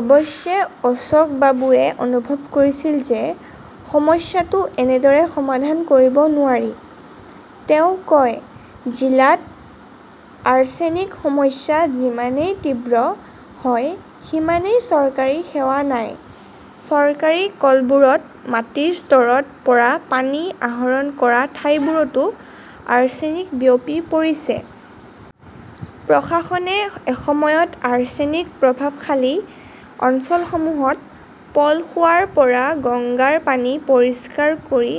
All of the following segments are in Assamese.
অৱশ্যে অশোকবাবুৱে অনুভৱ কৰিছিল যে সমস্যাটো এনেদৰে সমাধান কৰিব নোৱাৰি। তেওঁ কয়, "জিলাত আৰ্ছেনিক সমস্যা যিমানেই তীব্ৰ হয় সিমানেই চৰকাৰী সেৱা নাই। চৰকাৰী কলবোৰত মাটিৰ স্তৰৰ পৰা পানী আহৰণ কৰা ঠাইবোৰতো আৰ্ছেনিক বিয়পি পৰিছে। "প্ৰশাসনে এসময়ত আৰ্ছেনিক প্ৰভাৱশালী অঞ্চলসমূহত পলসুৱাৰ পৰা গংগাৰ পানী পৰিষ্কাৰ কৰি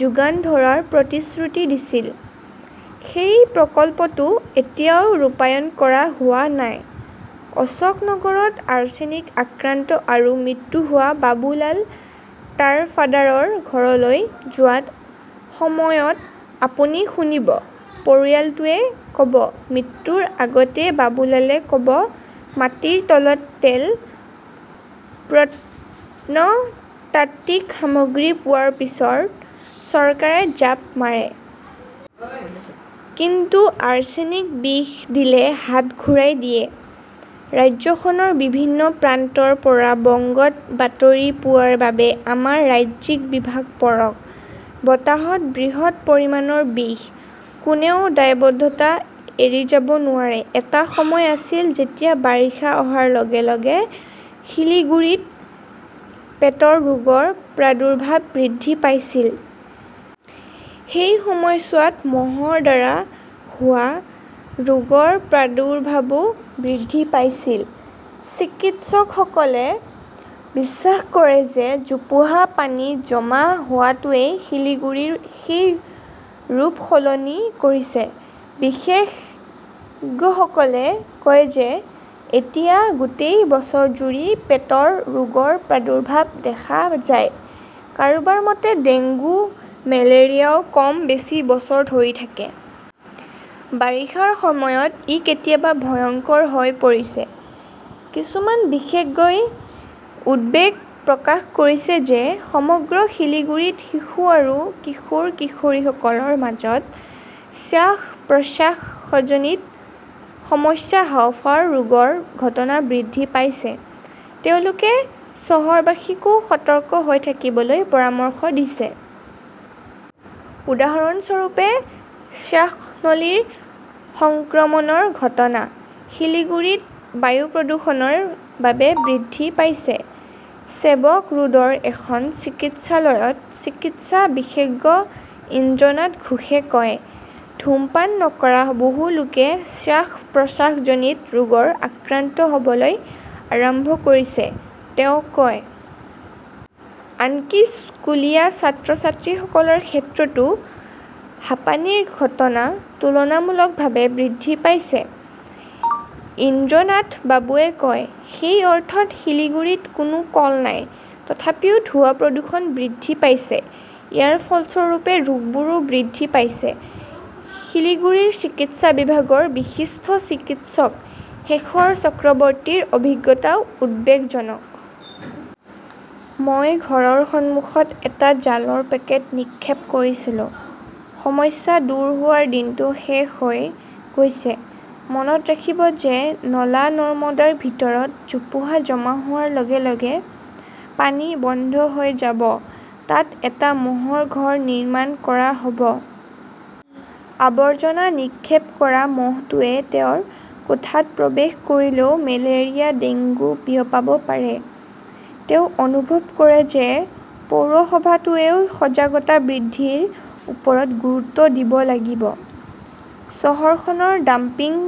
যোগান ধৰাৰ প্ৰতিশ্ৰুতি দিছিল। সেই প্ৰকল্পটো এতিয়াও ৰূপায়ণ কৰা হোৱা নাই। অশোকনগৰত আৰ্ছেনিক আক্ৰান্ত আৰু মৃত্যু হোৱা বাবুলাল তাৰফাদাৰৰ ঘৰলৈ যোৱাৰ সময়ত আপুনি শুনিব, পৰিয়ালটোৱে ক 'ব, মৃত্যুৰ আগতে বাবুলালে ক' ব, 'মাটিৰ তলত তেল, প্ৰত্নতাত্ত্বিক সামগ্ৰী পোৱাৰ পিছত চৰকাৰে জাপ মাৰে। কিন্তু আৰ্ছেনিক-বিষ দিলে হাত ঘূৰাই দিয়ে। "ৰাজ্যখনৰ বিভিন্ন প্ৰান্তৰ পৰা বংগত বাতৰি পোৱাৰ বাবে আমাৰ ৰাজ্যিক বিভাগ পঢ়ক। বতাহত বৃহৎ পৰিমাণৰ বিষ! কোনেও দায়বদ্ধতা এৰি যাব নোৱাৰে এটা সময় আছিল যেতিয়া বাৰিষা অহাৰ লগে লগে শিলিগুড়িত পেটৰ ৰোগৰ প্ৰাদুৰ্ভাৱ বৃদ্ধি পাইছিল। সেই সময়ছোৱাত মহৰ দ্বাৰা হোৱা ৰোগৰ প্ৰাদুৰ্ভাৱো বৃদ্ধি পাইছিল। চিকিৎসকসকলে বিশ্বাস কৰে যে জোপোহা-পানী জমা হোৱাটোৱে শিলিগুৰিৰ সেই ৰূপ সলনি কৰিছে। বিশেষজ্ঞসকলে কয় যে এতিয়া গোটেই বছৰজুৰি পেটৰ ৰোগৰ প্ৰাদুৰ্ভাৱ দেখা যায়। কাৰোবাৰ মতে, ডেংগু, মেলেৰিয়াও কম বেছি বছৰ ধৰি থাকে। বাৰিষাৰ সময়ত ই কেতিয়াবা ভয়ংকৰ হৈ পৰিছে। কিছুমান বিশেষজ্ঞই উদ্বেগ প্ৰকাশ কৰিছে যে সমগ্ৰ শিলিগুড়িত শিশু আৰু কিশোৰ-কিশোৰীসকলৰ মাজত শ্বাস-প্ৰশ্বাসজনিত সমস্যা, হাঁওফাঁওৰ ৰোগৰ ঘটনা বৃদ্ধি পাইছে। তেওঁলোকে চহৰবাসীকো সতৰ্ক হৈ থাকিবলৈ পৰামৰ্শ দিছে। উদাহৰণস্বৰূপে, শ্বাসনলীৰ সংক্ৰমণৰ ঘটনা সিলিগুৰীত বায়ু প্ৰদূষণৰ বাবে বৃদ্ধি পাইছে ", ছেৱক ৰোডৰ এখন চিকিৎসালয়ত চিকিৎসা বিশেষজ্ঞ ইন্দ্ৰনাথ ঘোষে কয়। ধূমপান নকৰা বহু লোকে শ্বাস-প্ৰশ্বাসজনিত ৰোগত আক্ৰান্ত হ "বলৈ আৰম্ভ কৰিছে, তেওঁ কয়। আনকি স্কুলীয়া ছাত্ৰ-ছাত্ৰীসকলৰ ক্ষেত্ৰতো হাঁপানিৰ ঘটনা তুলনামূলকভাৱে বৃদ্ধি পাইছে। ইন্দ্ৰনাথ বাবুৱে কয়, "সেই অৰ্থত শিলিগুড়িত কোনো কল নাই। তথাপিও ধোঁৱা-প্ৰদূষণ বৃদ্ধি পাইছে। ইয়াৰ ফলস্বৰূপে ৰোগবোৰো বৃদ্ধি পাইছে। "শিলিগুড়িৰ চিকিৎসা বিভাগৰ বিশিষ্ট চিকিৎসক শেখৰ চক্ৰৱৰ্তীৰ অভিজ্ঞতাও উদ্বেগজনক। "মই ঘৰৰ সন্মুখত এটা জালৰ পেকেট নিক্ষেপ কৰিছিলো। সমস্যা দূৰ হোৱাৰ দিনটো শেষ হৈ গৈছে। মনত ৰাখিব যে নলা-নৰ্দমাৰ ভিতৰত জোপোহা জমা হোৱাৰ লগে লগে পানী বন্ধ হৈ যাব। তাত এটা মহৰ ঘৰ নিৰ্মাণ কৰা হ "ব। আৱৰ্জনা নিক্ষেপ কৰা মহটোৱে তেওঁৰ কোঠাত প্ৰৱেশ কৰিলেও মেলেৰিয়া, ডেংগু বিয়পাব পাৰে। "তেওঁ অনুভৱ কৰে যে পৌৰসভাটোৱেও সজাগতা বৃদ্ধিৰ ওপৰত গুৰুত্ব দিব লাগিব। চহৰখনৰ ডাম্পিং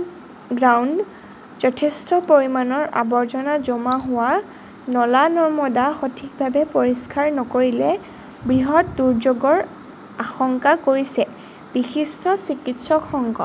গ্ৰাউণ্ড, যথেষ্ট পৰিমাণৰ আৱৰ্জনা জমা হোৱা, নলা-নৰ্দমা সঠিকভাৱে পৰিষ্কাৰ নকৰিলে বৃহৎ দুৰ্যোগৰ আশংকা কৰিছে বিশিষ্ট চিকিৎসক শংক